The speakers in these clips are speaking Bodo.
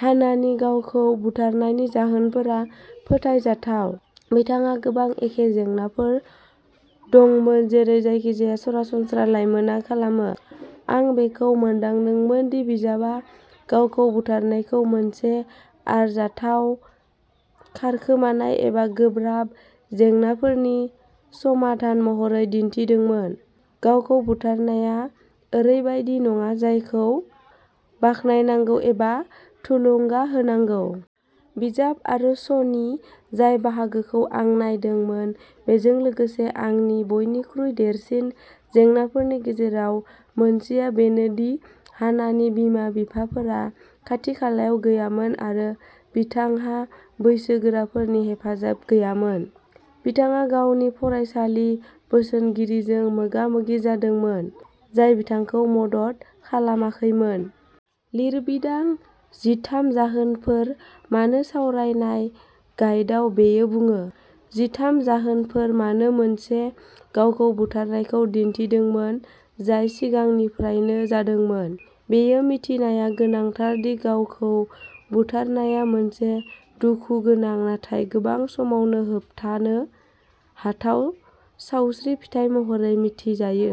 हानानि गावखौ बुथारनायनि जाहोनफोरा फोथायजाथाव। बिथांहा गोबां एखे जेंनाफोर दंमोन जेरै जायखिजाया सरासनस्रा लाइमोनआ खालामो। आं बेखौबो मोनदांदोंमोन दि बिजाबआ गावखौ बुथारनायखौ मोनसे आरजाथाव खारखोमानाय एबा गोब्राब जेंनाफोरनि समाधान महरै दिन्थिदोंमोन। गावखौ बुथारनाया ओरैबायदि नङा जायखौ बाखनायनांगौ एबा थुलुंगा होनांगौ। बिजाब आरो श'नि जाय बाहागोखौ आं नायदोंमोन बेजों लोगोसे आंनि बयनिख्रुइ देरसिन जेंनाफोरनि गेजेराव मोनसेआ बेनोदि हानानि बिमा-बिफाफोरा खाथि-खालायाव गैयामोन आरो बिथांहा बैसोगोराफोरनि हेफाजाब गैयामोन। बिथाङा गावनि फरायसालि बोसोनगिरिजों मोगामोगि जादोंमोन जाय बिथांखौ मदद खालामाखैमोन। लिरबिदां जिथाम जाहोनफोर मानो सावरायनाय गाइदाव बेयो बुङो जिथाम जाहोनफोर मानो मोनसे गावखौ बुथारनायखौ दिन्थिदोंमोन जाय सिगांनिफ्रायनो जादोंमोन बेयो मिथिनाया गोनांथार दि गावखौ बुथारनाया मोनसे दुखुगोनां नाथाय गोबां समावनो होबथानो हाथाव सावस्रि फिथाय महरै मिथिजायो।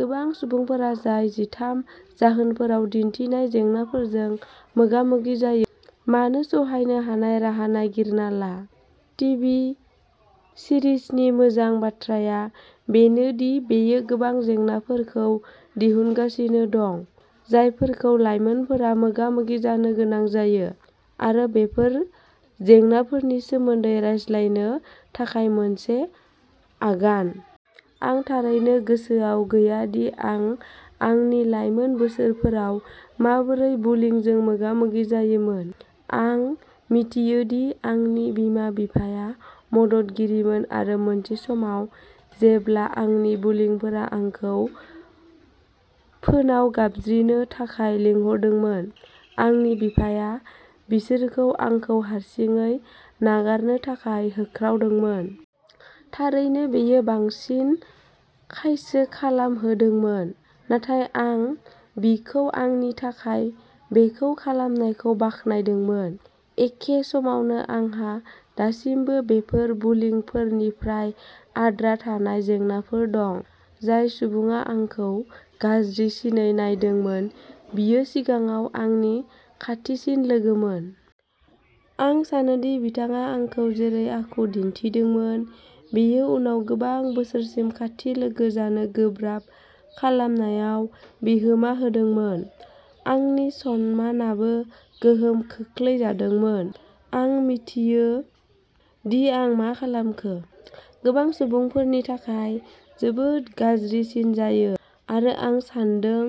गोबां सुबुंफोरा जाय जिथाम जाहोनफोराव दिन्थिनाय जेंनाफोरजों मोगा-मोगि जायो। मानो सहायनो हानाय राहा नागिरना ला। टिभि सिरिसनि मोजां बाथ्राया बेनो दि बेयो गोबां जेंनाफोरखौ दिहुनगासिनो दं, जायफोरखौ लाइमोनफोरा मोगा-मोगि जानो गोनां जायो आरो बेफोर जेंनाफोरनि सोमोन्दै रायज्लायनो थाखाय मोनसे आगान। आं थारैनो गोसोआव गैया दि आं आंनि लाइमोन बोसोरफोराव माबोरै बुलिंजों मोगा-मोगि जायोमोन। आं मिथियोदि आंनि बिमा-बिफाया मददगिरिमोन आरो मोनसे समाव जेब्ला आंनि बुलिंफोरा आंखौ फोनाव गाबज्रिनो थाखाय लिंहरदोंमोन आंनि बिफाया बिसोरखौ आंखौ हारसिङै नागारनो थाखाय होख्रावदोंमोन। थारैनो, बेयो बांसिन खायसो खालामहोदोंमोन, नाथाय आं बिखौ आंनि थाखाय बेखौ खालामनायखौ बाख्नायदोंमोन। एखे समावनो आंहा दासिमबो बेफोर बुलिंफोरनिफ्राय आद्रा थानाय जेंनाफोर दं। जाय सुबुङा आंखौ गाज्रिसिनै नायदोंमोन बियो सिगाङाव आंनि खाथिसिन लोगोमोन। आं सानोदि बिथाङा आंखौ जेरै आखु दिन्थिदोंमोन, बेयो उनाव गोबां बोसोरसिम खाथि लोगो जानो गोब्राब खालामनायाव बिहोमा होदोंमोन। आंनि सनमान आबो गोहोम खोख्लैजादोंमोन। आं मिथियो दि आं मा खालामखो। गोबां सुबुंफोरनि थाखाय जोबोद गाज्रिसिन जायो आरो आं सान्दों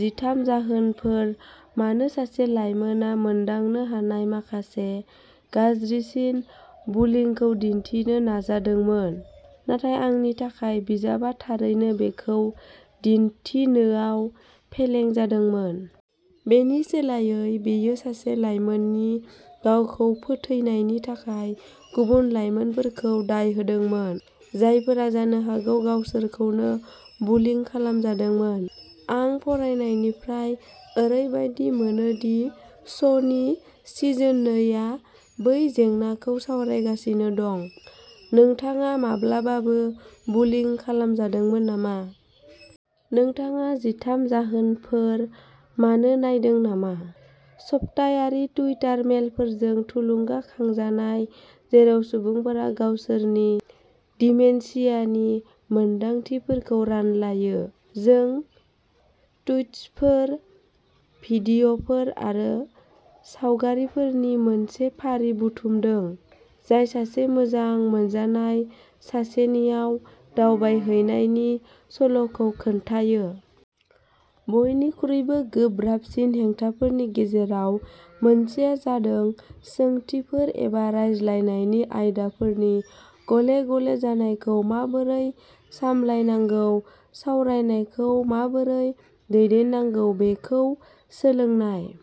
जिथाम जाहोनफोर मानो सासे लाइमोनआ मोनदांनो हानाय माखासे गाज्रिसिन बुलिंखौ दिन्थिनो नाजादोंमोन नाथाय आंनि थाखाय बिजाबआ थारैनो बेखौ दिन्थिनोयाव फेलें जादोंमोन। बेनि सोलायै, बेयो सासे लाइमोननि गावखौ फोथैनायनि थाखाय गुबुन लाइमोनफोरखौ दाय होदोंमोन। जायफोरा जानो हागौ गावसोरखौनो बुलिं खालामजादोंमोन। आं फरायनायनिफ्राय, ओरैबायदि मोनो दि श'नि सिजोन नै आ बै जेंनाखौ सावरायगासिनो दं। नोंथाङा माब्लाबाबो बुलिं खालामजादोंमोन नामा? नोंथाङा जिथाम जाहोनफोर मानो नायदों नामा? सप्तायारि टुइटार मेलफोरजों थुलुंगा खांजानाय जेराव सुबुंफोरा गावसोरनि दिमेन्सियानि मोनदांथिफोरखौ रानलायो, जों टुइटसफोर, भिडिय'फोर आरो सावगारिफोरनि मोनसे फारि बुथुमदों जाय सासे मोजां मोनजानाय सासेनाव दावबायहैनायनि सल'खौ खिन्थायो। बयनिख्रुइबो गोब्राबसिन हेंथाफोरनि गेजेराव मोनसेआ जादों सोंथिफोर एबा रायज्लायनायनि आयदाफोरनि गले गले जानायखौ माबोरै सामलायनांगौ सावरायनायखौ माबोरै दैदेननांगौ बेखौ सोलोंनाय।